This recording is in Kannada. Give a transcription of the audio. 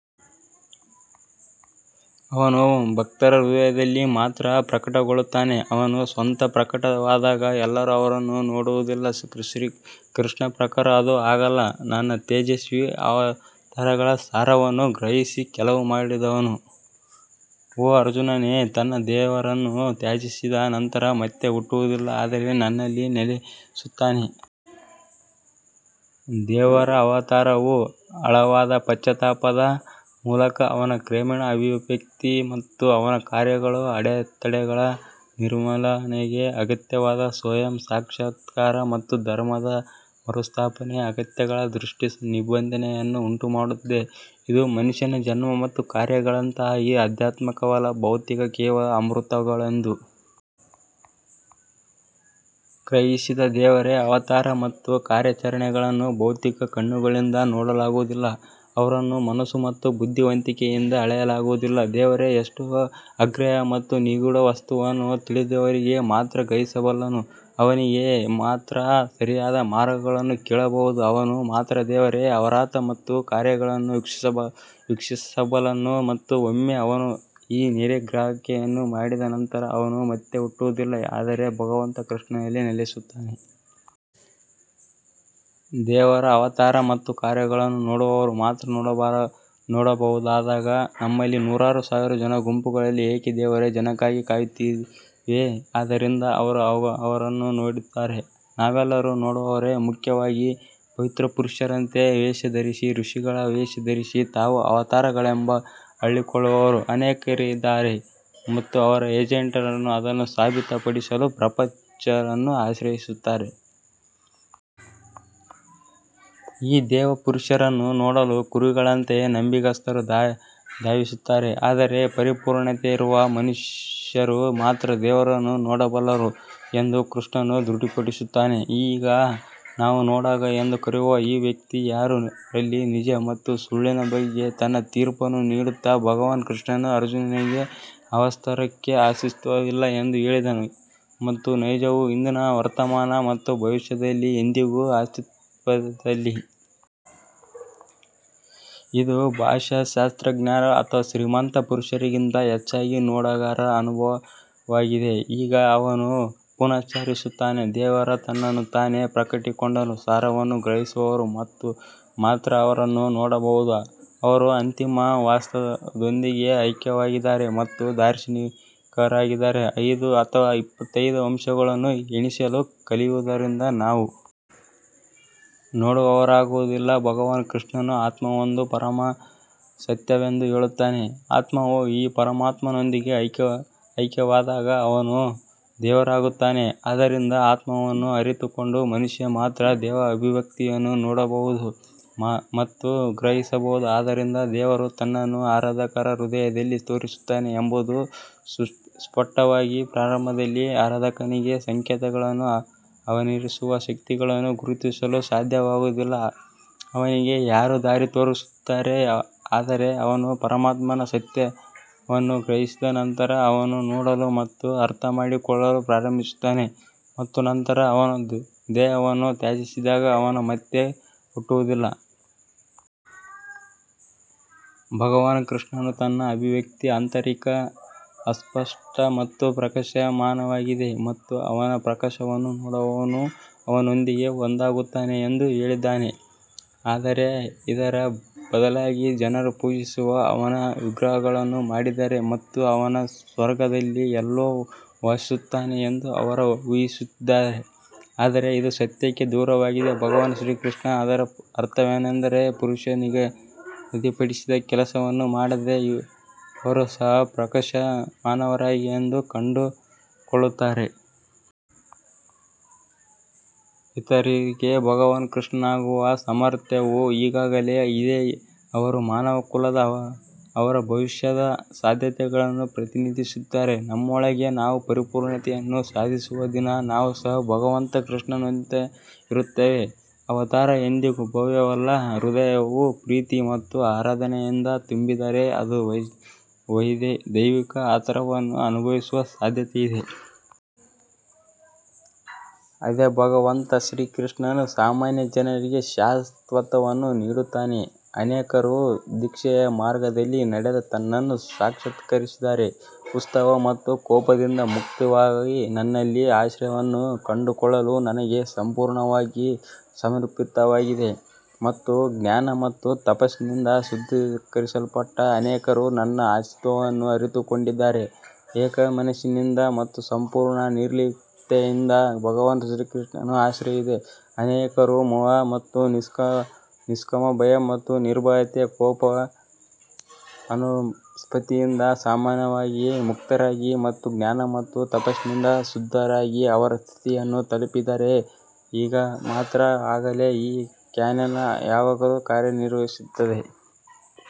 ಅವನು ಭಕ್ತರ ಹೃದಯದಲ್ಲಿ ಮಾತ್ರ ಪ್ರಕಟಗೊಳ್ಳುತ್ತಾನೆ ಅವನು ಸ್ವತಃ ಪ್ರಕಟವಾದಾಗ ಎಲ್ಲರೂ ಅವನನ್ನು ನೋಡುವುದಿಲ್ಲ ಶ್ರೀಕೃಷ್ಣನ ಪ್ರಕಾರ ಅದು ಹಾಗಲ್ಲ ನನ್ನ ತೇಜಸ್ವಿ ಅವತಾರಗಳ ಸಾರವನ್ನು ಗ್ರಹಿಸಿ ಕೆಲಸ ಮಾಡಿದವನು ಓ ಅರ್ಜುನನೇ ತನ್ನ ದೇಹವನ್ನು ತ್ಯಜಿಸಿದ ನಂತರ ಮತ್ತೆ ಹುಟ್ಟುವುದಿಲ್ಲ ಆದರೆ ನನ್ನಲ್ಲಿ ನೆಲೆಸುತ್ತಾನೆ. ದೇವರ ಅವತಾರವು ಆಳವಾದ ಪಶ್ಚಾತ್ತಾಪದ ಮೂಲಕ ಅವನ ಕ್ರಮೇಣ ಅಭಿವ್ಯಕ್ತಿ ಮತ್ತು ಅವನ ಕಾರ್ಯಗಳು ಅಡೆತಡೆಗಳ ನಿರ್ಮೂಲನೆಗೆ ಅಗತ್ಯವಾದ ಸ್ವಯಂ ಸಾಕ್ಷಾತ್ಕಾರ ಮತ್ತು ಧರ್ಮದ ಮರುಸ್ಥಾಪನೆಯ ಅಗತ್ಯಗಳ ದುಷ್ಟ ನಿಬಂಧನೆಯನ್ನು ಉಂಟುಮಾಡುತ್ತದೆ, ಇದು ಮನುಷ್ಯರ ಜನ್ಮ ಮತ್ತು ಕಾರ್ಯಗಳಂತಲ್ಲ. ಇವು ಅಧ್ಯಾತ್ಮಿಕವಲ್ಲ ಭೌತಿಕ ಕೇವಲ ಅಮೂರ್ತತೆಗಳೆಂದು ಗ್ರಹಿಸಿದ ದೇವರ ಅವತಾರ ಮತ್ತು ಕಾರ್ಯಾಚರಣೆಗಳನ್ನು ಭೌತಿಕ ಕಣ್ಣುಗಳಿಂದ ನೋಡಲಾಗುವುದಿಲ್ಲ ಅವನನ್ನು ಮನಸ್ಸು ಮತ್ತು ಬುದ್ಧಿವಂತಿಕೆಯಿಂದ ಅಳೆಯಲಾಗುವುದಿಲ್ಲ ದೇವರು ಎಷ್ಟು ಅಗ್ರಾಹ್ಯ ಮತ್ತು ನಿಗೂಢ, ವಾಸ್ತವವನ್ನು ತಿಳಿದವನಿಗೆ ಮಾತ್ರ ಗ್ರಹಿಸಬಲ್ಲನು ಅವನಿಗೆ ಮಾತ್ರ ಸರಿಯಾದ ಮಾರ್ಗವನ್ನು ಕೇಳಬಹುದು ಅವನು ಮಾತ್ರ ದೇವರ ಅವತಾರ ಮತ್ತು ಕಾರ್ಯಗಳನ್ನು ವೀಕ್ಷಿಸಬಲ್ಲನು ಮತ್ತು ಒಮ್ಮೆ ಅವನು ಈ ನೇರ ಗ್ರಹಿಕೆಯನ್ನು ಮಾಡಿದ ನಂತರ ಅವನು ಮತ್ತೆ ಹುಟ್ಟುವುದಿಲ್ಲ ಆದರೆ ಭಗವಂತ ಕೃಷ್ಣನಲ್ಲಿ ನೆಲೆಸುತ್ತಾನೆ. ದೇವರ ಅವತಾರ ಮತ್ತು ಕಾರ್ಯಗಳನ್ನು ನೋಡುವವರು ಮಾತ್ರ ನೋಡಬಹುದಾದಾಗ, ನಮ್ಮಲ್ಲಿ ನೂರಾರು ಸಾವಿರ ಜನರ ಗುಂಪುಗಳು ಏಕೆ ದೇವರ ಜನನಕ್ಕಾಗಿ ಕಾಯುತ್ತಿವೆ, ಆದ್ದರಿಂದ ಅವರು ಅವನನ್ನು ನೋಡುತ್ತಾರೆ ನಾವೆಲ್ಲರೂ ನೋಡುವವರೇ ಮುಖ್ಯವಾಗಿ ಪವಿತ್ರ ಪುರುಷರಂತೆ ವೇಷ ಧರಿಸಿ ಋಷಿಗಳ ವೇಷ ಧರಿಸಿ ತಾವು ಅವತಾರಗಳೆಂದು ಹೇಳಿಕೊಳ್ಳುವವರು ಅನೇಕರಿದ್ದಾರೆ ಮತ್ತು ಅವರ ಏಜೆಂಟರು ಅದನ್ನು ಸಾಬೀತುಪಡಿಸಲು ಪ್ರಚಾರವನ್ನು ಆಶ್ರಯಿಸುತ್ತಾರೆ. ಈ ದೇವ ಪುರುಷರನ್ನು ನೋಡಲು ಕುರಿಗಳಂತೆ ನಂಬಿಗಸ್ತರು ಧಾವಿಸುತ್ತಾರೆ ಆದರೆ ಪರಿಪೂರ್ಣತೆಯಿರುವ ಮನುಷ್ಯರು ಮಾತ್ರ ದೇವರನ್ನು ನೋಡಬಲ್ಲರು ಎಂದು ಶ್ರೀಕೃಷ್ಣನು ದೃಢಪಡಿಸುತ್ತಾನೆ. ಈಗ ನಾವು ನೋಡುಗ ಎಂದು ಕರೆಯುವ ಈ ವ್ಯಕ್ತಿ ಯಾರು ರಲ್ಲಿ ನಿಜ ಮತ್ತು ಸುಳ್ಳಿನ ಬಗ್ಗೆ ತನ್ನ ತೀರ್ಪನ್ನು ನೀಡುತ್ತಾ ಭಗವಾನ್ ಕೃಷ್ಣನು ಅರ್ಜುನನಿಗೆ ಅವಾಸ್ತವಕ್ಕೆ ಅಸ್ತಿತ್ವವಿಲ್ಲ ಎಂದು ಹೇಳಿದನು ಮತ್ತು ನೈಜವು ಹಿಂದಿನ ವರ್ತಮಾನ ಮತ್ತು ಭವಿಷ್ಯದಲ್ಲಿ ಎಂದಿಗೂ ಅಸ್ತಿತ್ವದಲ್ಲಿಲ್ಲ. ಇದು ಭಾಷಾಶಾಸ್ತ್ರಜ್ಞರು ಅಥವಾ ಶ್ರೀಮಂತ ಪುರುಷರಿಗಿಂತ ಹೆಚ್ಚಾಗಿ ನೋಡುಗರ ಅನುಭವವಾಗಿದೆ ಈಗ ಅವನು ಪುನರುಚ್ಚರಿಸುತ್ತಾನೆ, ದೇವರು ತನ್ನನ್ನು ತಾನು ಪ್ರಕಟಿಸಿಕೊಂಡರೂ, ಸಾರವನ್ನು ಗ್ರಹಿಸುವವರು ಮಾತ್ರ ಅವನನ್ನು ನೋಡಬಹುದು ಅವರು ಅಂತಿಮ ವಾಸ್ತವದೊಂದಿಗೆ ಐಕ್ಯವಾಗಿದ್ದಾರೆ ಮತ್ತು ದಾರ್ಶನಿಕರಾಗಿದ್ದಾರೆ ಐದು ಅಥವಾ ಇಪ್ಪತ್ತೈದು ಅಂಶಗಳನ್ನು ಎಣಿಸಲು ಕಲಿಯುವುದರಿಂದ ನಾವು ನೋಡುವವರಾಗುವುದಿಲ್ಲ ಭಗವಾನ್ ಕೃಷ್ಣನು ಆತ್ಮವೊಂದೇ ಪರಮ ಸತ್ಯವೆಂದು ಹೇಳುತ್ತಾನೆ ಆತ್ಮವು ಈ ಪರಮಾತ್ಮನೊಂದಿಗೆ ಐಕ್ಯವಾದಾಗ ಅವನೂ ದೇವರಾಗುತ್ತಾನೆ ಆದ್ದರಿಂದ ಆತ್ಮವನ್ನು ಅರಿತುಕೊಂಡ ಮನುಷ್ಯ ಮಾತ್ರ ದೇವರ ಅಭಿವ್ಯಕ್ತಿಯನ್ನು ನೋಡಬಹುದು ಮತ್ತು ಗ್ರಹಿಸಬಹುದು ಆದ್ದರಿಂದ ದೇವರು ತನ್ನನ್ನು ಆರಾಧಕರ ಹೃದಯದಲ್ಲಿ ತೋರಿಸುತ್ತಾನೆ ಎಂಬುದು ಸ್ಪಷ್ಟವಾಗಿದೆ ಪ್ರಾರಂಭದಲ್ಲಿ ಆರಾಧಕನಿಗೆ ಸಂಕೇತಗಳನ್ನು ರವಾನಿಸುವ ಶಕ್ತಿಯನ್ನು ಗುರುತಿಸಲು ಸಾಧ್ಯವಾಗುವುದಿಲ್ಲ ಅವನಿಗೆ ಯಾರು ದಾರಿ ತೋರಿಸುತ್ತಿದ್ದಾರೆ ಆದರೆ ಅವನು ಪರಮಾತ್ಮನ ಸತ್ಯವನ್ನು ಗ್ರಹಿಸಿದ ನಂತರ ಅವನು ನೋಡಲು ಮತ್ತು ಅರ್ಥಮಾಡಿಕೊಳ್ಳಲು ಪ್ರಾರಂಭಿಸುತ್ತಾನೆ ಮತ್ತು ನಂತರ ಅವನು ದೇಹವನ್ನು ತ್ಯಜಿಸಿದಾಗ ಅವನು ಮತ್ತೆ ಹುಟ್ಟುವುದಿಲ್ಲ. ಭಗವಾನ್ ಕೃಷ್ಣನು ತನ್ನ ಅಭಿವ್ಯಕ್ತಿ ಆಂತರಿಕ ಅಸ್ಪಷ್ಟ ಮತ್ತು ಪ್ರಕಾಶಮಾನವಾಗಿದೆ ಮತ್ತು ಅವನ ಪ್ರಕಾಶವನ್ನು ನೋಡುವವನು ಅವನೊಂದಿಗೆ ಒಂದಾಗುತ್ತಾನೆ ಎಂದು ಹೇಳಿದ್ದಾನೆ. ಆದರೆ ಇದರ ಬದಲಾಗಿ ಜನರು ಪೂಜಿಸುವ ಅವನ ವಿಗ್ರಹಗಳನ್ನು ಮಾಡಿದ್ದಾರೆ ಮತ್ತು ಅವನು ಸ್ವರ್ಗದಲ್ಲಿ ಎಲ್ಲೋ ವಾಸಿಸುತ್ತಾನೆ ಎಂದು ಅವರು ಊಹಿಸುತ್ತಾರೆ. ಆದರೆ ಇದು ಸತ್ಯಕ್ಕೆ ದೂರವಾಗಿದೆ ಭಗವಾನ್ ಶ್ರೀಕೃಷ್ಣನು ಇದರ ಅರ್ಥವೇನೆಂದರೆ, ಪುರುಷರು ನಿಗದಿಪಡಿಸಿದ ಕೆಲಸವನ್ನು ಮಾಡಿದರೆ ಅವರು ಸಹ ಪ್ರಕಾಶಮಾನರಾಗಿದ್ದಾರೆಂದು ಕಂಡುಕೊಳ್ಳುತ್ತಾರೆ. ಇತರರಿಗೆ ಭಗವಾನ್ ಕೃಷ್ಣನಾಗುವ ಸಾಮರ್ಥ್ಯವು ಈಗಾಗಲೇ ಇದೆ ಅವರು ಮಾನವಕುಲದ ಅವರ ಭವಿಷ್ಯದ ಸಾಧ್ಯತೆಗಳನ್ನು ಪ್ರತಿನಿಧಿಸುತ್ತಾರೆ ನಮ್ಮೊಳಗೆ ನಾವು ಪರಿಪೂರ್ಣತೆಯನ್ನು ಸಾಧಿಸುವ ದಿನ ನಾವು ಸಹ ಭಗವಂತ ಕೃಷ್ಣನಂತೆಯೇ ಇರುತ್ತೇವೆ. ಅವತಾರ ಎಂದಿಗೂ ಬಾಹ್ಯವಲ್ಲ ಹೃದಯವು ಪ್ರೀತಿ ಮತ್ತು ಆರಾಧನೆಯಿಂದ ತುಂಬಿದ್ದರೆ ಅದು ದೈವಿಕ ಅವತಾರವನ್ನು ಅನುಭವಿಸುವ ಸಾಧ್ಯತೆಯಿದೆ. ಅದೇ ಭಗವಂತ ಶ್ರೀಕೃಷ್ಣನು ಸಾಮಾನ್ಯ ಜನರಿಗೆ ಸಾಂತ್ವನವನ್ನು ನೀಡುತ್ತಾನೆ ಅನೇಕರು ದೀಕ್ಷೆಯ ಮಾರ್ಗದಲ್ಲಿ ನಡೆದು ತನ್ನನ್ನು ಸಾಕ್ಷಾತ್ಕರಿಸಿದ್ದಾರೆ. ಉತ್ಸಾಹ ಮತ್ತು ಕೋಪದಿಂದ ಮುಕ್ತವಾಗಿ ನನ್ನಲ್ಲಿ ಆಶ್ರಯವನ್ನು ಕಂಡುಕೊಳ್ಳಲು ನನಗೆ ಸಂಪೂರ್ಣವಾಗಿ ಸಮರ್ಪಿತವಾಗಿದೆ ಮತ್ತು ಜ್ಞಾನ ಮತ್ತು ತಪಸ್ಸಿನಿಂದ ಶುದ್ಧೀಕರಿಸಲ್ಪಟ್ಟ ಅನೇಕರು ನನ್ನ ಅಸ್ತಿತ್ವವನ್ನು ಅರಿತುಕೊಂಡಿದ್ದಾರೆ. ಏಕಮನಸ್ಸಿನಿಂದ ಮತ್ತು ಸಂಪೂರ್ಣ ನಿರ್ಲಿಪ್ತತೆಯಿಂದ ಭಗವಾನ್ ಶ್ರೀಕೃಷ್ಣನನ್ನು ಆಶ್ರಯಿಸಿದ ಅನೇಕರು ಮೋಹ ಮತ್ತು ನಿಷ್ಕಾಮ ಭಯ ಮತ್ತು ನಿರ್ಭಯತೆ ಕೋಪ ಮತ್ತು ಕೋಪದ ಅನುಪಸ್ಥಿತಿಯಿಂದ ಸಮಾನವಾಗಿ ಮುಕ್ತರಾಗಿ ಮತ್ತು ಜ್ಞಾನ ಮತ್ತು ತಪಸ್ಸಿನಿಂದ ಶುದ್ಧರಾಗಿ ಅವರ ಸ್ಥಿತಿಯನ್ನು ತಲುಪಿದ್ದಾರೆ. ಈಗ ಮಾತ್ರ ಹಾಗಲ್ಲ ಈ ಕ್ಯಾನನ್ ಯಾವಾಗಲೂ ಕಾರ್ಯನಿರ್ವಹಿಸುತ್ತಿದೆ.